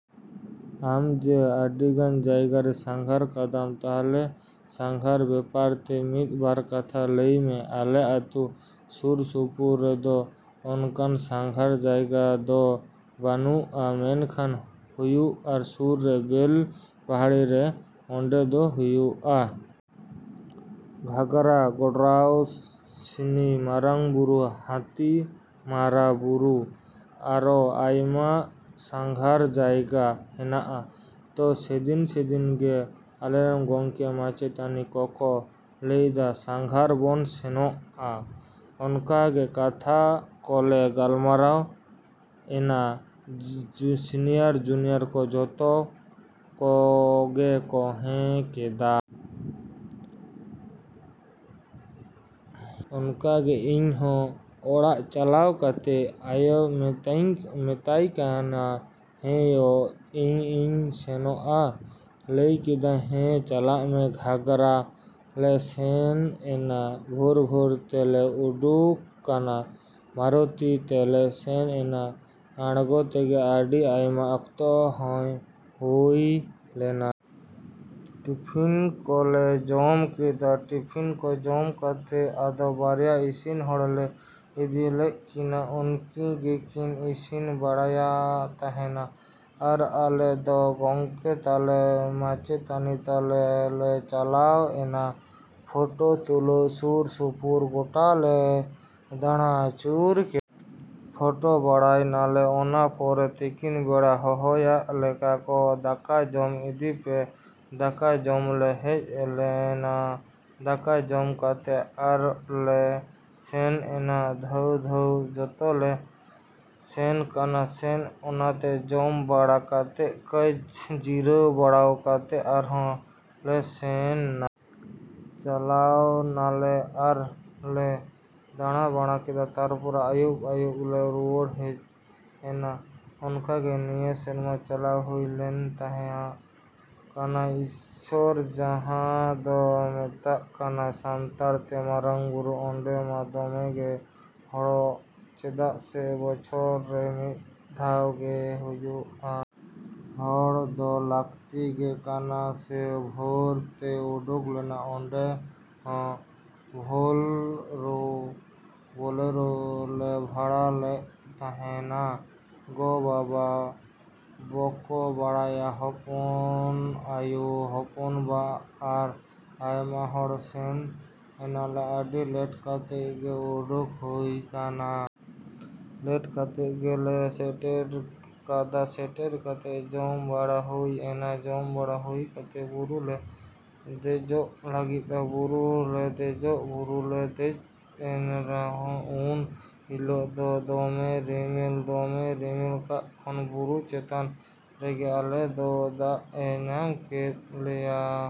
‎ᱟᱢ ᱡᱮ ᱟᱹᱰᱤᱜᱟᱱ ᱡᱟᱭᱜᱟᱢ ᱥᱟᱸᱜᱷᱟᱨ ᱠᱟᱫᱟ, ᱛᱟᱦᱚᱞᱮ ᱥᱟᱸᱜᱷᱟᱨ ᱵᱮᱯᱟᱨ ᱛᱮ ᱢᱤᱫ ᱵᱟᱨ ᱠᱟᱛᱷᱟ ᱞᱟᱹᱭ ᱢᱮ᱾ ᱟᱞᱮ ᱟᱛᱳ ᱥᱩᱨ ᱥᱩᱯᱩᱨ ᱨᱮᱫᱚ ᱚᱱᱠᱟᱱ ᱥᱟᱸᱜᱷᱟᱨ ᱡᱟᱭᱜᱟ ᱫᱚ ᱵᱟᱹᱱᱩᱜᱼᱟ, ᱢᱮᱱᱠᱷᱟᱱ ᱦᱚᱜᱼᱚᱭ ᱥᱩᱨ ᱨᱮ ᱵᱮᱞᱯᱟᱦᱟᱲᱤ ᱨᱮ ᱚᱸᱰᱮ ᱫᱚ ᱦᱮᱱᱟᱜᱼᱟ᱾ ᱜᱷᱟᱜᱽᱨᱟ, ᱜᱟᱰᱨᱟᱥᱤᱱᱤ, ᱢᱟᱨᱟᱝᱼᱵᱩᱨᱩ, ᱦᱟᱹᱛᱤ ᱢᱟᱨᱟ ᱵᱩᱨᱩ, ᱟᱨᱚ ᱟᱭᱢᱟ ᱥᱟᱸᱜᱷᱟᱨ ᱡᱟᱭᱜᱟ ᱦᱮᱱᱟᱜᱼᱟ᱾ ᱛᱚ ᱥᱮᱫᱤᱱ ᱥᱮᱫᱤᱱ ᱜᱮ ᱟᱞᱮᱨᱮᱱ ᱜᱚᱢᱠᱮ ᱢᱟᱪᱮᱛᱟᱹᱱᱤ ᱠᱚᱠᱚ ᱞᱟᱹᱭᱫᱟ ᱥᱟᱸᱜᱷᱟᱨ ᱵᱚᱱ ᱥᱮᱱᱚᱜᱼᱟ᱾ ᱚᱱᱠᱟᱜᱮ ᱠᱟᱛᱷᱟ ᱠᱚᱞᱮ ᱜᱟᱞᱢᱟᱨᱟᱣ ᱮᱱᱟ᱾ ᱥᱤᱱᱤᱭᱟᱨ ᱡᱩᱱᱤᱭᱟᱨ ᱠᱚ ᱡᱷᱚᱛᱚ ᱠᱚᱜᱮ ᱠᱚ ᱦᱮᱸ ᱠᱮᱫᱟ᱾ ᱚᱱᱠᱟᱜᱮ ᱤᱧ ᱦᱚᱸ ᱚᱲᱟᱜ ᱪᱟᱞᱟᱣ ᱠᱟᱛᱮ ᱟᱭᱳᱧ ᱢᱮᱛᱟᱭ ᱠᱟᱱᱟ, "ᱦᱮᱸ ᱭᱳ, ᱤᱧᱤᱧ ᱥᱮᱱᱚᱜᱼᱟ᱾" ᱞᱟᱹᱭ ᱠᱮᱫᱟᱭ, "ᱦᱮᱸ, ᱪᱟᱞᱟᱜ ᱢᱮ᱾" ᱜᱷᱟᱜᱽᱨᱟ ᱞᱮ ᱥᱮᱱ ᱮᱱᱟ᱾ ᱵᱷᱳᱨ ᱵᱷᱳᱨ ᱛᱮᱞᱮ ᱩᱰᱩᱝ ᱠᱟᱱᱟ᱾ ᱢᱟᱨᱚᱛᱤ ᱛᱮᱞᱮ ᱥᱮᱱ ᱮᱱᱟ᱾ ᱟᱬᱜᱳ ᱛᱮᱜᱮ ᱟᱹᱰᱤ ᱟᱭᱢᱟ ᱚᱠᱛᱚ ᱦᱚᱸ ᱦᱳᱭ ᱞᱮᱱᱟ᱾ ᱴᱤᱯᱷᱤᱱ ᱠᱚᱞᱮ ᱡᱚᱢ ᱠᱮᱫᱟ᱾ ᱴᱤᱯᱷᱤᱱ ᱠᱚ ᱡᱚᱢ ᱠᱟᱛᱮ ᱟᱫᱚ ᱵᱟᱨᱭᱟ ᱤᱥᱤᱱ ᱦᱚᱲᱞᱮ ᱤᱫᱤ ᱞᱮᱜ ᱠᱤᱱᱟ᱾ ᱩᱱᱠᱤᱱ ᱜᱮᱠᱤᱱ ᱤᱥᱤᱱ ᱵᱟᱲᱟᱭᱮᱜ ᱛᱟᱦᱮᱱᱟ᱾ ᱟᱨ ᱟᱞᱮ ᱫᱚ ᱜᱚᱢᱠᱮ ᱛᱟᱞᱮ, ᱢᱟᱪᱮᱛᱟᱹᱱᱤ ᱛᱟᱞᱮ ᱞᱮ ᱪᱟᱞᱟᱣ ᱮᱱᱟ ᱯᱷᱳᱴᱳ ᱛᱩᱞᱟᱹᱣ᱾ ᱥᱩᱨ ᱥᱩᱯᱩᱨ ᱜᱳᱴᱟᱞᱮ ᱫᱟᱬᱟ ᱟᱹᱪᱩᱨ ᱠᱮᱫᱟ᱾ ᱯᱷᱳᱴᱳ ᱵᱟᱲᱟᱭ ᱱᱟᱞᱮ᱾ ᱚᱱᱟ ᱯᱚᱨᱮ ᱛᱤᱠᱤᱱ ᱵᱮᱲᱟ ᱦᱚᱦᱚᱣᱟᱜ ᱞᱮᱭᱟᱠᱚ, "ᱫᱟᱠᱟ ᱡᱚᱢ ᱤᱫᱤ ᱯᱮ᱾" ᱫᱟᱠᱟ ᱡᱚᱢᱞᱮ ᱦᱮᱡ ᱮᱱᱟ᱾ ᱫᱟᱠᱟ ᱡᱚᱢ ᱠᱟᱛᱮ ᱟᱨᱚ ᱞᱮ ᱥᱮᱱ ᱮᱱᱟ ᱫᱟᱬᱟᱱ᱾ ᱫᱟᱬᱟᱱ ᱡᱚᱛᱞᱮ ᱥᱮᱱ ᱠᱟᱱᱟ ᱥᱮ, ᱚᱱᱟᱛᱮ ᱡᱚᱢ ᱵᱟᱲᱟ ᱠᱟᱛᱮ ᱠᱟᱹᱡ ᱡᱤᱨᱟᱹᱣ ᱵᱟᱲᱟ ᱠᱟᱛᱮ ᱟᱨᱦᱚᱸ ᱞᱮ ᱥᱮᱱ ᱱᱟ᱾ ᱪᱟᱞᱟᱣ ᱱᱟᱞᱮ ᱟᱨᱚ ᱞᱮ ᱫᱟᱬᱟ ᱵᱟᱲᱟ ᱠᱮᱫᱟ᱾ ᱛᱟᱨᱯᱚᱨᱮ ᱟᱹᱭᱩᱵ ᱟᱹᱭᱩᱵᱞᱮ ᱨᱩᱣᱟᱹᱲ ᱦᱮᱡ ᱮᱱᱟ᱾ ᱚᱱᱠᱟᱜᱮ ᱱᱤᱭᱟᱹ ᱥᱮᱨᱢᱟ ᱪᱟᱞᱟᱣ ᱦᱩᱭ ᱞᱮᱱ ᱛᱟᱦᱮᱜᱼᱟ ᱠᱟᱱᱟᱭᱤᱥᱚᱨ ᱡᱟᱦᱟᱸ ᱫᱚ ᱢᱮᱛᱟᱜ ᱠᱟᱱᱟ ᱥᱟᱱᱛᱟᱲ ᱛᱮ ᱢᱟᱨᱟᱝᱼᱵᱩᱨᱩ, ᱚᱸᱰᱮ ᱢᱟ ᱫᱚᱢᱮ ᱜᱮᱠᱚ ᱦᱚᱲᱚᱜᱼᱟ ᱪᱮᱫᱟᱜ ᱥᱮ ᱵᱚᱪᱷᱚᱨ ᱨᱮ ᱢᱤᱫ ᱫᱷᱟᱣ ᱜᱮ ᱦᱩᱭᱩᱜᱼᱟ᱾ ᱦᱚᱲ ᱫᱚ ᱞᱟᱹᱠᱛᱤ ᱜᱮ ᱠᱟᱱᱟ ᱥᱮ ᱵᱷᱳᱨ ᱛᱮᱞᱮ ᱩᱰᱩᱠᱮᱱᱟ᱾ ᱚᱸᱰᱮ ᱦᱚᱸ ᱵᱳᱞᱮᱨᱳ ᱞᱮ ᱵᱷᱟᱲᱟ ᱞᱮᱜ ᱛᱟᱦᱮᱱᱟ᱾ ᱜᱚᱼᱵᱟᱵᱟ, ᱵᱚᱠᱚ ᱵᱚᱭᱦᱟ, ᱦᱚᱯᱚᱱ ᱟᱹᱭᱩ, ᱦᱚᱯᱚᱱᱵᱟ ᱟᱨᱚ ᱟᱭᱢᱟ ᱦᱚᱲ ᱥᱮᱱ ᱮᱱᱟᱞᱮ᱾ ᱟᱹᱰᱤ ᱞᱮᱴ ᱠᱟᱛᱮ ᱜᱮ ᱩᱰᱩᱝ ᱦᱩᱭ ᱠᱟᱱᱟ᱾ ᱞᱮᱴ ᱠᱟᱛᱮ ᱜᱮᱞᱮ ᱥᱮᱴᱮᱨ ᱠᱟᱫᱟ᱾ ᱥᱮᱴᱮᱨ ᱠᱟᱛᱮ ᱡᱚᱢ ᱵᱟᱲᱟ ᱦᱩᱭ ᱮᱱᱟ᱾ ᱡᱚᱢ ᱵᱟᱲᱟ ᱦᱩᱭ ᱠᱟᱛᱮ ᱵᱩᱨᱩᱞᱮ ᱫᱮᱡᱚᱜ ᱞᱟᱹᱜᱤᱫᱼᱟ᱾ ᱵᱩᱨᱩᱞᱮ ᱫᱮᱡᱚᱜᱼᱟ᱾ ᱵᱩᱨᱩᱞᱮ ᱫᱮᱡ ᱮᱱᱟ ᱟᱨ ᱩᱱ ᱦᱤᱞᱳᱜ ᱫᱚ ᱫᱚᱢᱮ ᱨᱤᱢᱤᱞ, ᱫᱚᱢᱮ ᱨᱤᱢᱤᱞ ᱠᱟᱜ ᱠᱷᱟᱱᱮ ᱵᱩᱨᱩ ᱪᱮᱛᱟᱱ ᱨᱮᱜᱮ ᱟᱞᱮ ᱫᱚ ᱫᱟᱜ ᱮ ᱧᱟᱢ ᱠᱮᱫ ᱞᱮᱭᱟ᱾